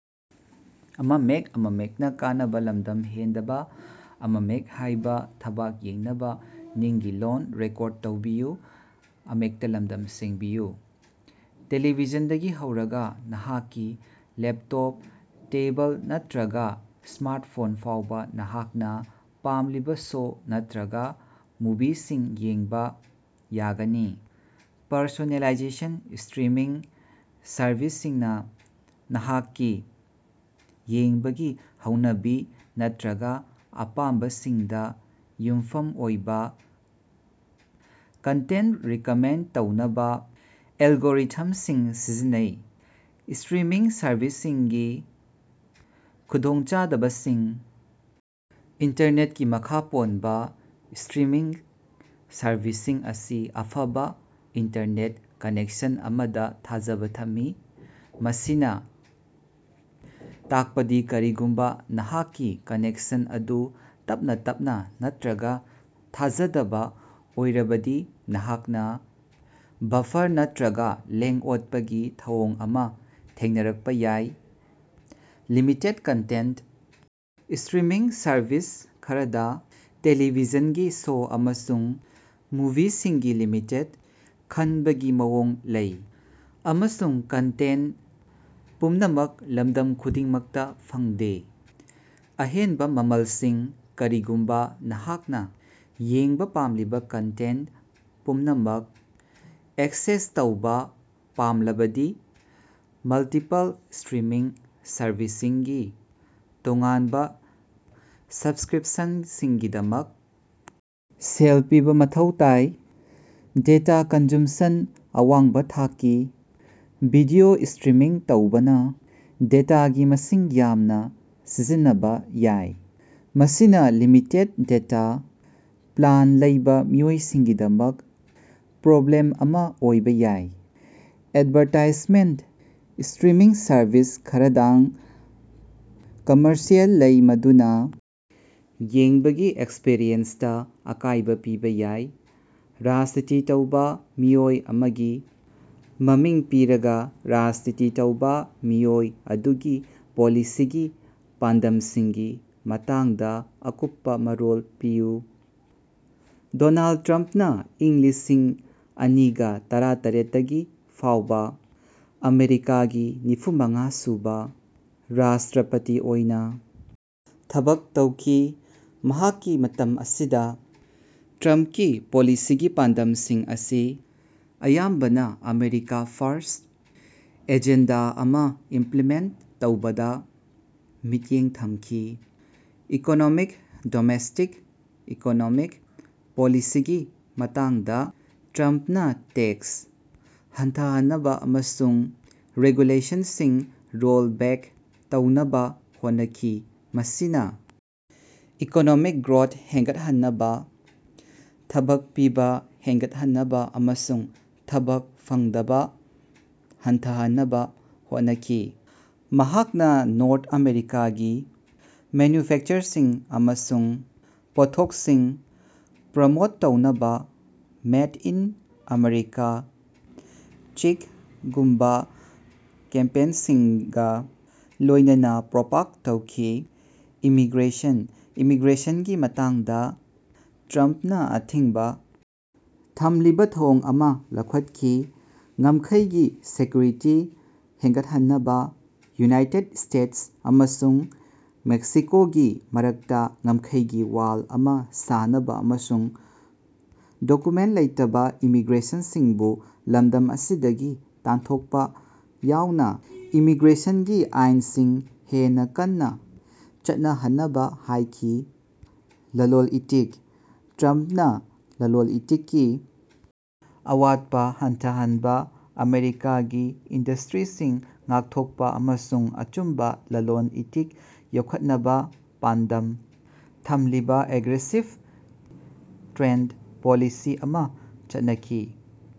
ꯇ‌ꯦꯂ‌ꯦꯚꯤꯖꯟꯗꯒꯤ ꯍꯧꯔꯒ ꯅꯍꯥꯛꯀꯤ laptop, table ꯅꯠꯇ꯭ꯔꯒ ꯁ꯭ꯃꯥꯔꯠꯐꯣꯟ ꯐꯥꯎꯕ ꯅꯍꯥꯛꯅ ꯄꯥꯝꯂꯤꯕ ꯁꯣ ꯅꯠꯇꯔꯒ ꯃꯨꯚꯤꯁꯤꯡ ꯌꯦꯡꯕ ꯌꯥꯒꯅꯤ꯫ ꯄꯔꯁꯣꯅꯦꯂꯥꯏꯖꯦꯁꯟ: ꯁ꯭ꯇꯔꯤꯃꯤꯡ ꯁꯔꯚꯤꯁꯁꯤꯡꯅ ꯅꯍꯥꯛꯀꯤ ꯌꯦꯡꯕꯒꯤ ꯍꯩꯅꯕꯤ ꯅꯠꯇ‌꯭ꯔꯒ ꯑꯄꯥꯝꯕꯁꯤꯡꯗ ꯌꯨꯝꯐꯝ ꯑꯣꯏꯕ ꯀꯟꯇꯦꯟ ꯔꯤꯀꯃꯦꯟ ꯇꯧꯅꯕ ꯑꯦꯜꯒꯣꯔꯤꯊꯝꯁꯤꯡ ꯁꯤꯖꯤꯟꯅꯩ꯫ ꯁ꯭ꯇꯔꯤꯃꯤꯡ ꯁꯔꯚꯤꯁꯁꯤꯡꯒꯤ ꯈꯨꯗꯣꯡꯆꯥꯗꯕꯁꯤꯡ: ꯏꯟꯇꯔꯅꯦꯠꯀꯤ ꯃꯈꯥ ꯄꯣꯟꯕ: ꯁ꯭ꯇꯔꯤꯃꯤꯡ ꯁꯔꯚꯤꯁꯁꯤꯡ ꯑꯁꯤ ꯑꯐꯕ ꯏꯟꯇꯔꯅꯦꯠ ꯀꯅꯦꯛꯁꯟ ꯑꯃꯗ ꯊꯥꯖꯕ ꯊꯝꯃꯤ, ꯃꯁꯤꯅ ꯇꯥꯛꯄꯗꯤ ꯀꯔꯤꯒꯨꯝꯕ ꯅꯍꯥꯛꯀꯤ ꯀꯅꯦꯛꯁꯟ ꯑꯗꯨ ꯇꯞꯅ ꯇꯞꯅ ꯅꯠꯇ‌꯭ꯔꯒ ꯊꯥꯖꯗꯕ ꯑꯣꯏꯔꯕꯗꯤ, ꯅꯍꯥꯛꯅ ꯕꯐꯔ ꯅꯠꯇ꯭ꯔꯒ ꯂꯦꯡ-ꯑꯣꯠꯄꯒꯤ ꯊꯧꯑꯣꯡ ꯑꯃ ꯊꯦꯡꯅꯔꯛꯄ ꯌꯥꯏ꯫ ꯂꯤꯃꯤꯇꯦꯗ ꯀꯟꯇꯦꯟꯇ: ꯁ꯭ꯇꯔꯤꯃꯤꯡ ꯁꯔꯚꯤꯁ ꯈꯔꯗ ꯇ‌ꯦꯂ‌ꯦꯚꯤꯖꯟꯒꯤ ꯁꯣ ꯑꯃꯁꯨꯡ ꯃꯨꯚꯤꯁꯤꯡꯒꯤ ꯂꯤꯃꯤꯇꯦꯗ ꯈꯟꯕꯒꯤ ꯃꯑꯣꯡ ꯂꯩ, ꯑꯃꯁꯨꯡ ꯀꯟꯇꯦꯟ ꯄꯨꯝꯅꯃꯛ ꯂꯝꯗꯝ ꯈꯨꯗꯤꯡꯃꯛꯇ ꯐꯪꯗꯦ꯫ ꯑꯍꯦꯟꯕ ꯃꯃꯜꯁꯤꯡ: ꯀꯔꯤꯒꯨꯝꯕ ꯅꯍꯥꯛꯅ ꯌꯦꯡꯕ ꯄꯥꯝꯂꯤꯕ ꯀꯟꯇꯦꯟꯇ ꯄꯨꯝꯅꯃꯛ ꯑꯦꯛꯁꯦꯁ ꯇꯧꯕ ꯄꯥꯝꯂꯕꯗꯤ ꯃꯜꯇꯤꯄꯜ ꯁ꯭ꯇꯔꯤꯃꯤꯡ ꯁꯔꯚꯤꯁꯁꯤꯡꯒꯤ ꯇꯣꯉꯥꯟꯕ ꯁꯕꯁ꯭ꯀꯔꯤꯞꯁꯟꯁꯤꯡꯒꯤꯗꯃꯛ ꯁꯦꯜ ꯄꯤꯕ ꯃꯊꯧ ꯇꯥꯏ꯫ ꯗꯦꯇꯥ ꯀꯟꯖꯨꯝꯁꯟ: ꯑꯋꯥꯡꯕ ꯊꯥꯛꯀꯤ ꯚꯤꯗꯤꯑꯣ ꯁ꯭ꯇꯔꯤꯝ ꯇꯧꯕꯅ ꯗꯦꯇꯥꯒꯤ ꯃꯁꯤꯡ ꯌꯥꯝꯅ ꯁꯤꯖꯤꯟꯅꯕ ꯌꯥꯏ, ꯃꯁꯤꯅ ꯂꯤꯃꯤꯇꯦꯗ ꯗꯦꯇꯥ ꯄ꯭ꯂꯥꯟ ꯂꯩꯕ ꯃꯤꯑꯣꯏꯁꯤꯡꯒꯤꯗꯃꯛ ꯄ꯭ꯔꯣꯕ꯭ꯂꯦꯝ ꯑꯃ ꯑꯣꯏꯕ ꯌꯥꯏ꯫ ꯑꯦꯗꯚꯥꯔꯇꯥꯏꯖꯃꯦꯟꯠ: ꯁ꯭ꯇꯔꯤꯃꯤꯡ ꯁꯔꯚꯤꯁ ꯈꯔꯗꯥꯡ ꯀꯝꯃꯔꯁꯤꯑꯦꯜ ꯂꯩ, ꯃꯗꯨꯅ ꯌꯦꯡꯕꯒꯤ ꯑꯦꯛꯁꯄꯔꯤꯌꯦꯟꯁꯇ ꯑꯀꯥꯏꯕ ꯄꯤꯕꯥ ꯌꯥꯏ꯫ ꯔꯥꯖꯅꯤꯇꯤ ꯇꯧꯕ ꯃꯤꯑꯣꯏ ꯑꯃꯒꯤ ꯃꯃꯤꯡ ꯄꯤꯔꯒ, ꯔꯥꯖꯅꯤꯇꯤ ꯇꯧꯕ ꯃꯤꯑꯣꯏ ꯑꯗꯨꯒꯤ ꯄꯣꯂꯤꯁꯤꯒꯤ ꯄꯥꯟꯗꯝꯁꯤꯡꯒꯤ ꯃꯇꯥꯡꯗ ꯑꯀꯨꯞꯄ ꯃꯔꯣꯜ ꯄꯤꯌꯨ꯫ ꯗꯣꯅꯥꯜꯗ ꯇ꯭ꯔꯝꯞꯅꯥ ꯏꯪ ꯂꯤꯁꯤꯡ ꯑꯅꯤꯒ ꯇꯔꯥꯇꯔ‌ꯦꯠꯇꯒꯤ ꯐꯥꯎꯕ ꯑꯃꯦꯔꯤꯀꯥꯒꯤ ꯅꯤꯐꯨꯃꯉꯥ ꯁꯨꯕ ꯔꯥꯁ꯭ꯇꯔꯄꯇꯤ ꯑꯣꯏꯅ ꯊꯕꯛ ꯇꯧꯈꯤ꯫ ꯃꯍꯥꯛꯀꯤ ꯃꯇꯝ ꯑꯁꯤꯗ ꯇ꯭ꯔꯝꯞꯀꯤ ꯄꯣꯂꯤꯁꯤꯒꯤ ꯄꯥꯟꯗꯝꯁꯤꯡ ꯑꯁꯤ ꯑꯌꯥꯝꯕꯅ ꯑꯃꯦꯔꯤꯀꯥ ꯐꯥꯔꯁ꯭ꯠ ꯑꯦꯖꯦꯟꯗꯥ ꯑꯃ ꯏꯝꯄ꯭ꯂꯤꯃꯦꯟ ꯇꯧꯕꯗ ꯃꯤꯠꯌꯦꯡ ꯊꯝꯈꯤ꯫ ꯏꯀꯣꯅꯣꯃꯤꯛ: ꯗꯣꯃꯦꯁ꯭ꯇꯤꯛ ꯏꯀꯣꯅꯣꯃꯤꯛ ꯄꯣꯂꯤꯁꯤꯒꯤ ꯃꯇꯥꯡꯗ ꯇ꯭ꯔꯝꯞꯅ ꯇꯦꯛꯁ ꯍꯟꯊꯍꯟꯅꯕ ꯑꯃꯁꯨꯡ ꯔꯦꯒꯨꯂꯦꯁꯟꯁꯤꯡ ꯔꯣꯜ ꯕꯦꯛ ꯇꯧꯅꯕ ꯍꯣꯠꯅꯈꯤ, ꯃꯁꯤꯅ ꯏꯀꯣꯅꯣꯃꯤꯛ ꯒ꯭ꯔꯣꯠ ꯍꯦꯟꯒꯠꯍꯟꯅꯕ, ꯊꯕꯛ ꯄꯤꯕ ꯍꯦꯟꯒꯠꯍꯟꯅꯕ ꯑꯃꯁꯨꯡ ꯊꯕꯛ ꯐꯪꯗꯕ ꯍꯟꯊꯍꯟꯅꯕ ꯍꯣꯠꯅꯈꯤ꯫ ꯃꯍꯥꯛꯅ ꯅꯣꯔꯠ ꯑꯃꯦꯔꯤꯀꯥꯒꯤ ꯃꯦꯟꯌꯨꯐꯦꯀꯆꯔꯁꯤꯡ ꯑꯃꯁꯨꯡ ꯄꯣꯠꯊꯣꯛꯁꯤꯡ ꯄ꯭ꯔꯃꯣꯠ ꯇꯧꯅꯕ ꯃꯦꯗ ꯏꯟ ꯑꯃꯦꯔꯤꯀꯥ ꯋꯤꯛ ꯒꯨꯝꯕ ꯀꯦꯝꯄꯦꯅꯁꯤꯡꯒ ꯂꯣꯏꯅꯅ ꯄ꯭ꯔꯣꯄꯥꯛ ꯇꯧꯈꯤ꯫ ꯏꯃꯤꯒ꯭ꯔꯦꯁꯟ: ꯏꯃꯤꯒ꯭ꯔꯦꯁꯟꯒꯤ ꯃꯇꯥꯡꯗ ꯇ꯭ꯔꯝꯞꯅ ꯑꯊꯤꯡꯕ ꯊꯝꯂꯤꯕ ꯊꯧꯑꯣꯡ ꯑꯃ ꯂꯧꯈꯠꯈꯤ, ꯉꯝꯈꯩꯒꯤ ꯁꯦꯀ꯭ꯌꯨꯔꯤꯇꯤ ꯍꯦꯟꯒꯠꯍꯟꯅꯕ, ꯌꯨꯅꯥꯏꯇꯦꯗ ꯁ꯭ꯇꯦꯇꯁ ꯑꯃꯁꯨꯡ ꯃꯦꯛꯁꯤꯀꯣꯒꯤ ꯃꯔꯛꯇ ꯉꯝꯈꯩꯒꯤ ꯋꯥꯜ ꯑꯃ ꯁꯥꯅꯕ, ꯑꯃꯁꯨꯡ ꯗꯣꯀꯨꯃꯦꯟ ꯂꯩꯇꯕ ꯏꯃꯤꯒ꯭ꯔꯦꯟꯠꯁꯤꯡꯕꯨ ꯂꯝꯗꯝ ꯑꯁꯤꯗꯒꯤ ꯇꯥꯟꯊꯣꯛꯄ ꯌꯥꯎꯅ ꯏꯃꯤꯒ꯭ꯔꯦꯁꯟꯒꯤ ꯑꯥꯏꯟꯁꯤꯡ ꯍꯦꯟꯅ ꯀꯟꯅ ꯆꯠꯅꯍꯟꯅꯕ ꯍꯥꯏꯈꯤ꯫ ꯂꯂꯣꯟ-ꯏꯇꯤꯛ: ꯇ꯭ꯔꯝꯞꯅ ꯂꯂꯣꯟ-ꯏꯇꯤꯛꯀꯤ ꯑꯋꯥꯠꯄꯥ ꯍꯟꯊꯍꯟꯕ, ꯑꯃꯦꯔꯤꯀꯥꯒꯤ ꯏꯟꯗꯁ꯭ꯇꯔꯤꯁꯤꯡ ꯉꯥꯛꯊꯣꯛꯄ ꯑꯃꯁꯨꯡ ꯑꯆꯨꯝꯕ ꯂꯂꯣꯟ-ꯏꯇꯤꯛ ꯌꯣꯛꯈꯠꯅꯕ ꯄꯥꯟꯗꯝ ꯊꯝꯂꯤꯕ ꯑꯦꯒ꯭ꯔꯦꯁꯤꯕ ꯇ꯭ꯔꯦꯗ ꯄꯣꯂꯤꯁꯤ ꯑꯃꯥ ꯆꯠꯅꯈꯤ꯫